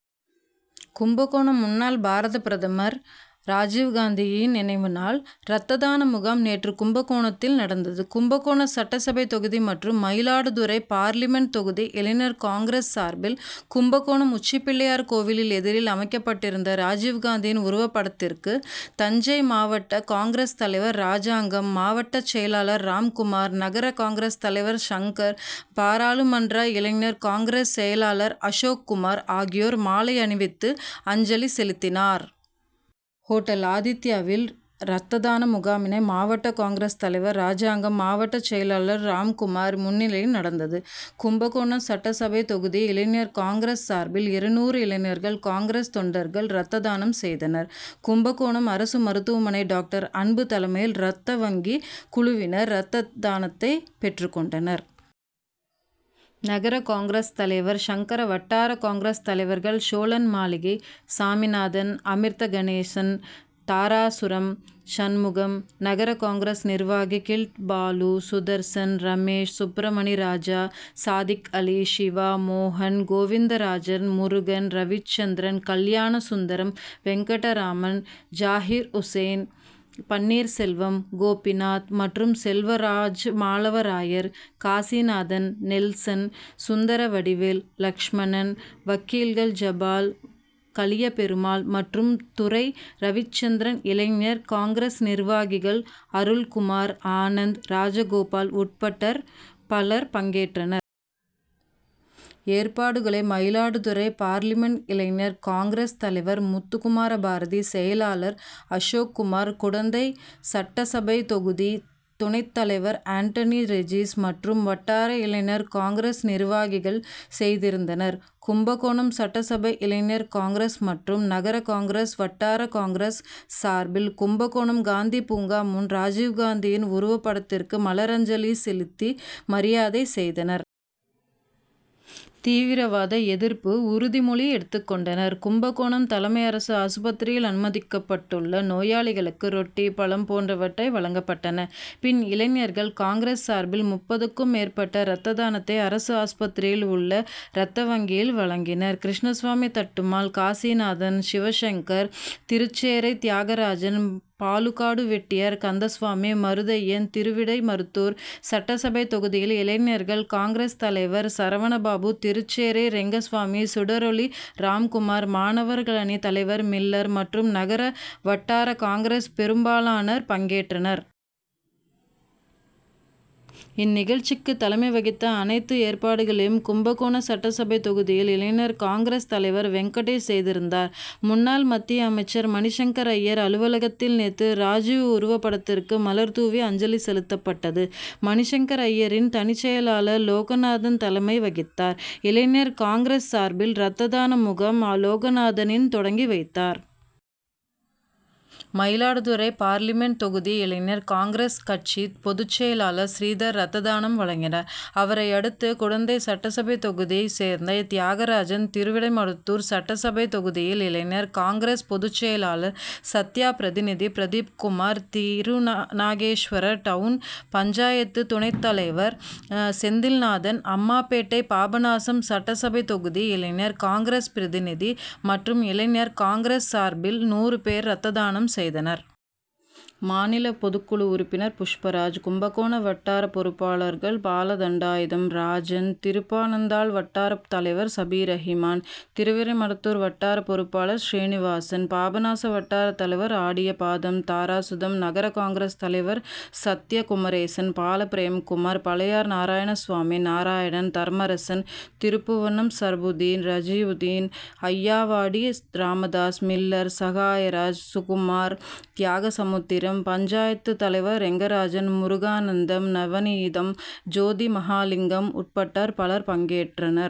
கும்பகோணம் முன்னாள் பாரத பிரதமர் ராஜீவ் காந்தியின் நினைவு நாள் ரத்ததான முகாம் நேற்று கும்பகோணத்தில் நடந்தது. கும்பகோணம் சட்டசபை தொகுதி மற்றும் மயிலாடுதுறை பார்லிமென்ட் தொகுதி இளைஞர் காங்கிரஸ் சார்பில் கும்பகோணம் உச்சிப்பிள்ளையார் கோவில் எதிரில் அமைக்கப்பட்டிருந்த ராஜீவ்காந்தியின் உருவப்படத்திற்கு தஞ்சை மாவட்ட காங்கிரஸ் தலைவர் ராஜாங்கம் மாவட்ட செயலாளர் ராம்குமார் நகர காங்கிரஸ் தலைவர் சங்கர் பாராளுமன்ற இளைஞர் காங்கிரஸ் செயலாளர் அசோக்குமார் ஆகியோர் மாலை அணிவித்து அஞ்சலி செலுத்தினார். ஹோட்டல் ஆதித்தியாவில் ரத்ததான முகாமினை மாவட்ட காங்கிரஸ் தலைவர் ராஜாங்கம் மாவட்டச் செயலாளர் ராம்குமார் முன்னிலையில் நடந்தது. கும்பகோணம் சட்டசபை தொகுதி இளைஞர் காங்கிரஸ் சார்பில் இருநூறு இளைஞர்கள் காங்கிரஸ் தொண்டர்கள் ரத்ததானம் செய்தனர். கும்பகோணம் அரசு மருத்துவமனை டாக்டர் அன்பு தலைமையில் ரத்த வங்கி குழுவினர் ரத்ததானத்தை பெற்றுக்கொண்டனர். நகர காங்கிரஸ் தலைவர் சங்கர் வட்டார காங்கிரஸ் தலைவர்கள் சோழன்மாளிகை சாமிநாதன் அமிர்த கணேசன் தாராசுரம் சண்முகம் நகர காங்கிரஸ் நிர்வாகிகள் கில்ட் பாலு சுதர்சனன் ரமேஷ் சுப்பிரமணியராஜா சாதிக்அலி சிவா மோகன் கோவிந்தராஜன் முருகன் ரவிச்சந்திரன் கல்யாணசுந்தரம் வெங்கடராமன் ஜாஹீர்உசேன் பன்னீர்செல்வம் கோபிநாத் மற்றும் செல்வராஜ்மாழவராயர் காசிநாதன் நெல்சன் சுந்தரவடிவேல் லட்சுமணன் வக்கீல்கள் ஜெபால் கலியபெருமாள் மற்றும் துரை ரவிசந்திரன் இளைஞர் காங்கிரஸ் நிர்வாகிகள் அருண்குமார் ஆன்ந்த் ராஜகோபால் உட்பட பலர் பங்கேற்றனர். ஏற்பாடுகளை மயிலாடுதுறை பார்லிமென்ட் இளைஞர் காங்கிரஸ் தலைவர் முத்துக்குமரபாரதி செயலாளர் அசோக்குமார் குடந்தை சட்டசபை தொகுதி துணைத்தலைவர் ஆண்டனி ரெஜிஸ் மற்றும் வட்டார இளைஞர் காங்கிரஸ் நிர்வாகிகள் செய்திருந்தனர். கும்பகோணம் சட்டசபை இளைஞர் காங்கிரஸ் மற்றும் நகர காங்கிரஸ் வட்டார காங்கிரஸ் சார்பில் கும்பகோணம் காந்தி பூங்கா முன் ராஜீவ்காந்தியின் உருவபடத்திற்கு மலரஞ்சலி செலுத்தி மரியாதை செய்தனர். தீவிரவாத எதிர்ப்பு உறுதிமொழி எடுத்துக் கொண்டனர். கும்பகோணம் தலைமை அரசு ஆஸ்பத்திரியில் அனுமதிக்கப்பட்டுள்ள நோயாளிகளுக்கு ரொட்டி பழம் போன்றவைகள் வழங்கப்பட்டன. பின் இளைஞர்கள் காங்கிரஸ் சார்பில் முப்பதுக்கும் மேற்பட்டோர் ரத்ததானத்தை அரசு ஆஸ்பத்திரியில் உள்ள ரத்தவங்கியில் வழங்கினர். கிருஷ்ணசாமி தட்டுமால் காசிநாதன் சிவசங்கர் திருச்சேறை தியாகராஜன் பாலுகாடுவெட்டியார் கந்தசாமி மருதையன் திருவிடைமருதூர் சட்டசபை தொகுதி இளைஞர்கள் காங்கிரஸ் தலைவர் சரவணபாபு திருச்சேறை ரெங்கசாமி சுடரொலி ராம்குமார் மாணவர் அணி தலைவர் மில்லர் மற்றும் நகர வட்டார காங்கிரஸ் பெரும்பாலோனர் பங்கேற்றனர். இந்நிகழ்ச்சிக்கு தலைமை வகித்து அனைத்து ஏற்பாடுகளையும் கும்பகோணம் சட்டசபை தொகுதி இளைஞர் காங்கிரஸ் தலைவர் வெங்கடேஷ் செய்திருந்தார். முன்னாள் மத்திய அமைச்சர் மணிசங்கர்அய்யர் அலுவலகத்தில் நேற்று ராஜீவ் உருவபடத்துக்கு மலர்தூவி அஞ்சலி செலுத்தப்பட்டது. மணிசங்கரய்யரின் தனிச் செயலாளர் லோகநாதன் தலைமை வகித்தார். இளைஞர் காங்கிரஸ் சார்பில் ரத்ததான முகாமை லோகநாதன் தொடங்கி வைத்தார். மயிலாடுதுறை பார்லிமென்ட் தொகுதி இளைஞர் காங்கிரஸ் கட்சியின் பொதுச்செயலாளர் ஸ்ரீதர் ரத்ததானம் வழங்கினார். அவரையடுத்து குடந்தை சட்டசபை தொகுதியைச் சேர்ந்த தியாகராஜன் திருவிடைமருதூர் சட்டசபை தொகுதி இளைஞர் காங்கிரஸ் பொதுச்செயலாளர் சத்யா பிரதிநிதி பிரதீப்குமார் திருநாகேஸ்வரம் டவுன் பஞ்சாயத்து துணைத்தலைவர் செந்தில்நாதன் அம்மாபேட்டை பாபநாசம் சட்டசபை தொகுதி இளைஞர் காங்கிரஸ் பிரதிநிதி மற்றும் இளைஞர் காங்கிரஸ் சார்பில் நூறு பேர் ரத்ததானம் செய்தனர். மாநில பொதுக்குழு உறுப்பினர் புஷ்பராஜ் கும்பகோணம் வட்டார பொறுப்பாளர்கள் பாலதண்டாயுதம் ராஜன் திருப்பனந்தாள் வட்டாரத் தலைவர் சபீல்ரஹீமான் திருவிடைமருதூர் வட்டார பொறுப்பாளர் சீனிவாசன் பாபநாசம் வட்டாரத்தலைவர் ஆடியபாதம் தாராசுரம் நகர காங்கிரஸ் தலைவர் சத்யா குமரேசன் பாலபிரேம்குமார் பழையார் நாராயணசாமி நாராயணன் தர்மஅரசன் திருபுவனம் சர்புதீன் சிராஜிதீன் அய்யாவாடி ராமதாஸ் மில்லர் சகாயராஜ் சுகுமார் தியாகசமுத்திரம் பஞ்சாயத்து தலைவர் ரெங்கராஜன் முருகானந்தம் நவநீதம் ஜோதிமகாலிங்கம் உட்பட பலர் பங்கேற்றனர்.